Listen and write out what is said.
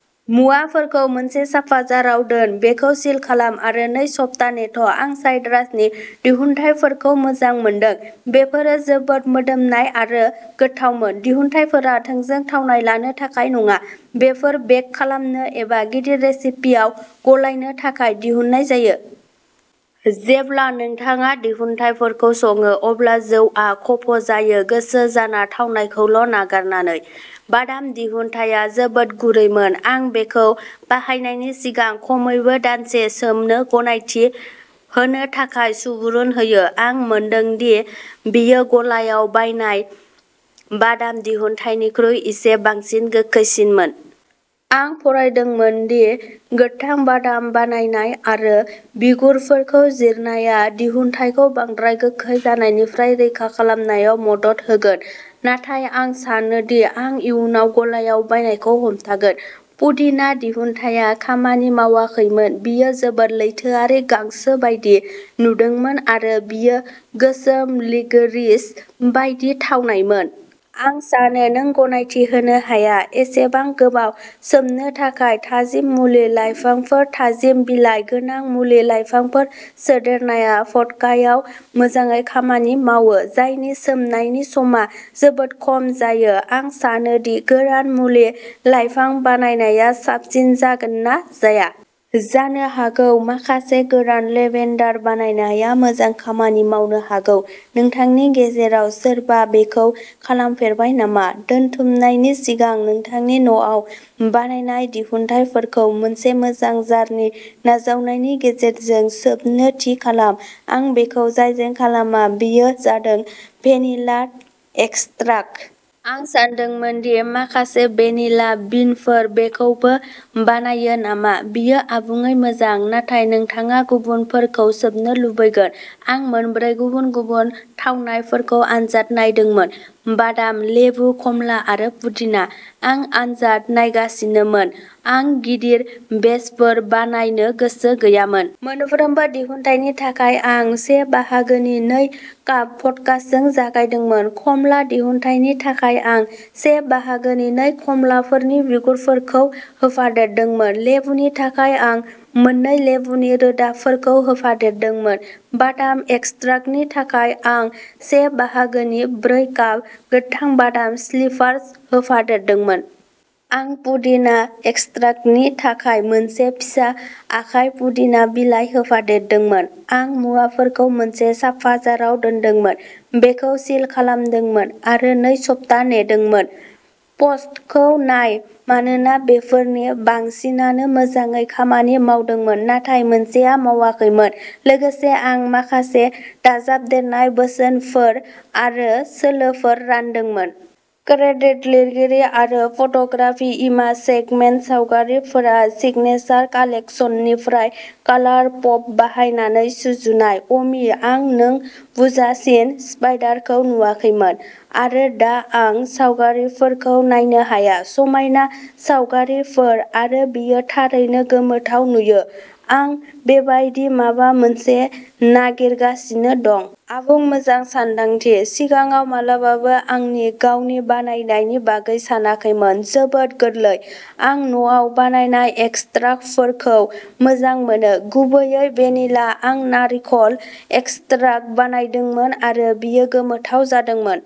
मुवाफोरखौ मोनसे साफा जार आव दोन, बेखौ सिल खालाम, आरो नै सप्ता नेथ' आं साइट्रासनि दिहुनथायफोरखौ मोजां मोनदों बेफोर जोबोद मोदोमनाय आरो गोथावमोन। दिहुनथायफोरा थोंजों थावनाय लानो थाखाय नङा बेफोर बेक खालामनो एबा गिदिर रेसिपिफोराव गलायनो थाखाय दिहुननाय जायो। जेब्ला नोंथाङा दिहुनथायफोरखौ सङो अब्ला जौआ खफ'जायो गोसो जानाय थावनायखौल' नागारनानै। बादाम दिहुनथाया जोबोद गुरैमोन। आं बेखौ बाहायनायनि सिगां खमैबो दानसेसिम सोमनो गनायथि होनो थाखाय सुबुरुन होयो। आं मोनदों दि बेयो गलायाव बायनाय बादाम दिहुनथायनिख्रुइ एसे बांसिन गोखैसिनमोन। आं फरायदोंमोन दि गोथां बादाम बाहायनाय आरो बिगुरफोरखौ जिरनाया दिहुनथायखौ बांद्राय गोखै जानायनिफ्राय रैखा खालामनायाव मदद होगोन। नाथाय आं सानो दि आं इयुनाव गलायाव बायनायखौ हमथागोन। पुदिना दिहुनथाया खामानि मावाखैमोन बेयो जोबोद लैथोआरि गांसो बायदि नुदोंमोन आरो बेयो गोसोम लिक'रिस बायदि थावनायमोन। आं सानो नों गनायथि होनो हाया। एसेबां गोबाव सोमनो थाखाय थाजिम मुलि लाइफांफोर थाजिम, बिलाइ गोनां मुलि लाइफांफोर सोदेरनाय भद्कायाव मोजाङै खामानि मावो जायनि सोमनायनि समा जोबोद खम जायो। आं सानो दि गोरान मुलि लाइफां बाहायनाया साबसिन जागोन ना जाया। जानो हागौ माखासे गोरान लेभेन्डार बाहायनाया मोजां खामानि मावनो हागौ। नोंथांमोननि गेजेराव सोरबा बेखौ खालामफेरबाय नामा? दोनथुमनायनि सिगां नोंथांनि न'आव बानायनाय दिहुनथायफोरखौ मोनसे मोजां जारनि नाजावनायनि गेजेरजों सोबनो थि खालाम। आं बेखौ जायजों खालामा बेयो जादों भेनिला एक्सट्रेक्ट। आं सान्दों दि माखासे भेनिला बिनफोर बेखौबो बानायो नामा बेयो आबुङै मोजां। नाथाय नोंथाङा गुबुनफोरखौ सोबनो लुबैगोन। आं मोनब्रै गुबुन गुबुन थावनायफोरखौ आनजाद नायदोंमोन बादाम, लेबु, खमला आरो पुदिना। आं आनजाद नायगासिनोमोन, आं गिदिर बेचफोर बानायनो गोसो गैयामोन। मोनफ्रोम दिहुनथायनि थाखाय आं से बाहागोनि नै काप भडकाजों जागायदोंमोन। खमला दिहुनथायनि थाखाय आं से बाहागोनि नै खमलाफोरनि बिगुरफोरखौ होफादेरदोंमोन। लेबुनि थाखाय आं मोननै लेबुनि रोदाफोरखौ होफादेरदोंमोन। बादाम एक्सट्रेक्टनि थाखाय, आं से बाहागोनि ब्रै काप गोथां बादाम स्लिभार्स होफादेरदोंमोन। आं पुदिना एक्सट्रेक्टनि थाखाय मोनसे फिसा आखाइ पुदिना बिलाइ होफादेरदोंमोन। आं मुवाफोरखौ मोनसे साफा जाराव दोनदोंमोन, बेखौ सिल खालामदोंमोन, आरो नै सप्ता नेदोंमोन। प'स्टखौ नाय मानोना बेफोरनि बांसिनानो मोजाङै खामानि मावदोंमोन नाथाय मोनसेआ मावाखैमोन लोगोसे आं माखासे दाजाबदेरनाय बोसोनफोर आरो सोलोफोर रानदोंमोन। क्रेडिट लिरगिरि आरो फट'ग्राफि एमा चेपमेन। सावगारिफोरा सिगनेचार कालेक्सननिफ्राय कालार पप बाहायनानै सुजुनाय। अ'मि आं नों बुंजासिम स्पाइडरखौ नुवाखैमोन आरो दा आं सावगारिफोरखौ नायनो हाया। समायना सावगारिफोर आरो बेयो थारैनो गोमोथाव नुयो आं बेबादि माबा मोनसे नागिरगासिनो दं। आबुं मोजां सानदांथि। सिगाङाव माब्लाबाबो आंनि गावनि बानायनायनि बागै सानाखैमोन जोबोद गोरलै। आं न'आव बानायनाय एक्सट्रेक्टफोरखौ मोजां मोनो, गुबैयै भेनिला आं नारिखल एक्सट्रेक्ट बानायदों आरो बेयो गोमोथाव जादोंमोन।